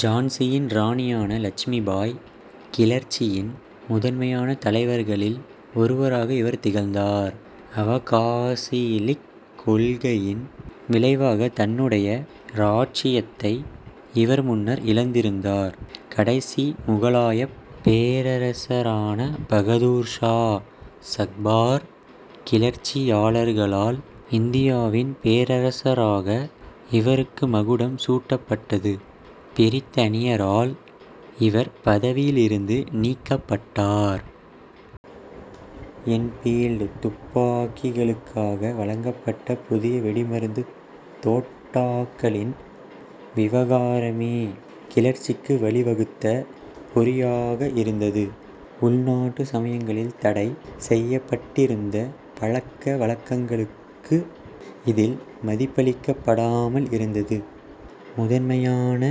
ஜான்சியின் இராணியான இலட்சுமிபாய். கிளர்ச்சியின் முதன்மையான தலைவர்களில் ஒருவராக இவர் திகழ்ந்தார். அவகாசியிலிக் கொள்கையின் விளைவாக தன்னுடைய இராச்சியத்தை இவர் முன்னர் இழந்திருந்தார். கடைசி முகலாயப் பேரரசரான பகதூர் சா சஃபார். கிளர்ச்சியாளர்களால் இந்தியாவின் பேரரசராக இவருக்கு மகுடம் சூட்டப்பட்டது. பிரித்தனியரால் இவர் பதவியிலிருந்து நீக்கப்பட்டார். என்பீல்டு துப்பாக்கிகளுக்காக வழங்கப்பட்ட புதிய வெடிமருந்துத் தோட்டாக்களின் விவகாரமே கிளர்ச்சிக்கு வழி வகுத்த பொறியாக இருந்தது. உள்நாட்டு சமயங்களில் தடை செய்யப்பட்டிருந்த பழக்க வழக்கங்களுக்கு இதில் மதிப்பளிக்கப்படாமல் இருந்தது. முதன்மையான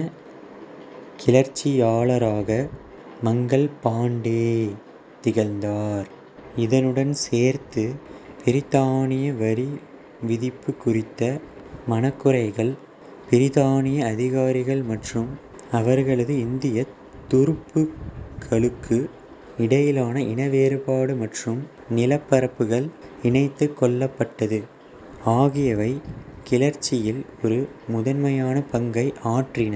கிளர்ச்சியாளராக மங்கள் பாண்டே திகழ்ந்தார். இதனுடன் சேர்த்து பிரித்தானிய வரி விதிப்பு குறித்த மனக்குறைகள், பிரித்தானிய அதிகாரிகள் மற்றும் அவர்களது இந்தியத் துருப்புக்களுக்கு இடையிலான இன வேறுபாடு மற்றும் நிலப்பரப்புகள் இணைத்துக் கொள்ளப்பட்டது ஆகியவை கிளர்ச்சியில் ஒரு முதன்மையான பங்கை ஆற்றின.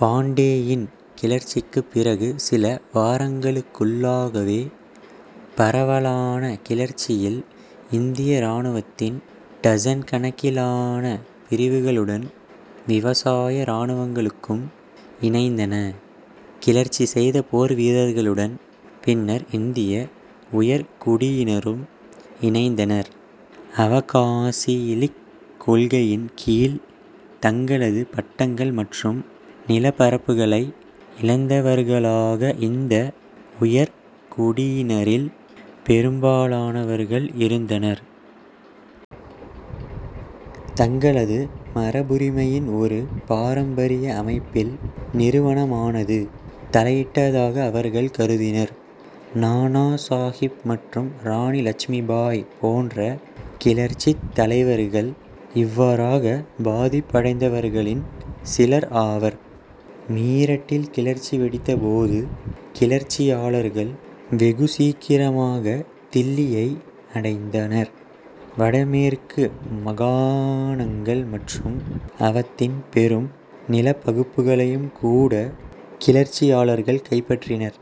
பாண்டேயின் கிளர்ச்சிக்குப் பிறகு சில வாரங்களுக்குள்ளாகவே பரவலான கிளர்ச்சியில் இந்திய இராணுவத்தின் டசன் கணக்கிலான பிரிவுகளுடன், விவசாய இராணுவங்களும் இணைந்தன. கிளர்ச்சி செய்த போர் வீரர்களுடன் பின்னர் இந்திய உயர்குடியினரும் இணைந்தனர். அவகாசியிலிக் கொள்கையின் கீழ் தங்களது பட்டங்கள் மற்றும் நிலப்பரப்புகளை இழந்தவர்களாக இந்த உயர்குடியினரில் பெரும்பாலானவர்கள் இருந்தனர். தங்களது மரபுரிமையின் ஒரு பாரம்பரிய அமைப்பில் நிறுவனமானது தலையிட்டதாக அவர்கள் கருதினர். நானா சாகிப் மற்றும் இராணி இலட்சுமிபாய் போன்ற கிளர்ச்சித் தலைவர்கள் இவ்வாறாக பாதிப்படைந்தவர்களில் சிலர் ஆவர்.। மீரட்டில் கிளர்ச்சி வெடித்த போது கிளர்ச்சியாளர்கள் வெகு சீக்கிரமாக தில்லியை அடைந்தனர். வடமேற்கு மாகாணங்கள் மற்றும் அவத்தின் பெரும் நிலப்பகுப்புகளையும் கூட கிளர்ச்சியாளர்கள் கைப்பற்றினர்.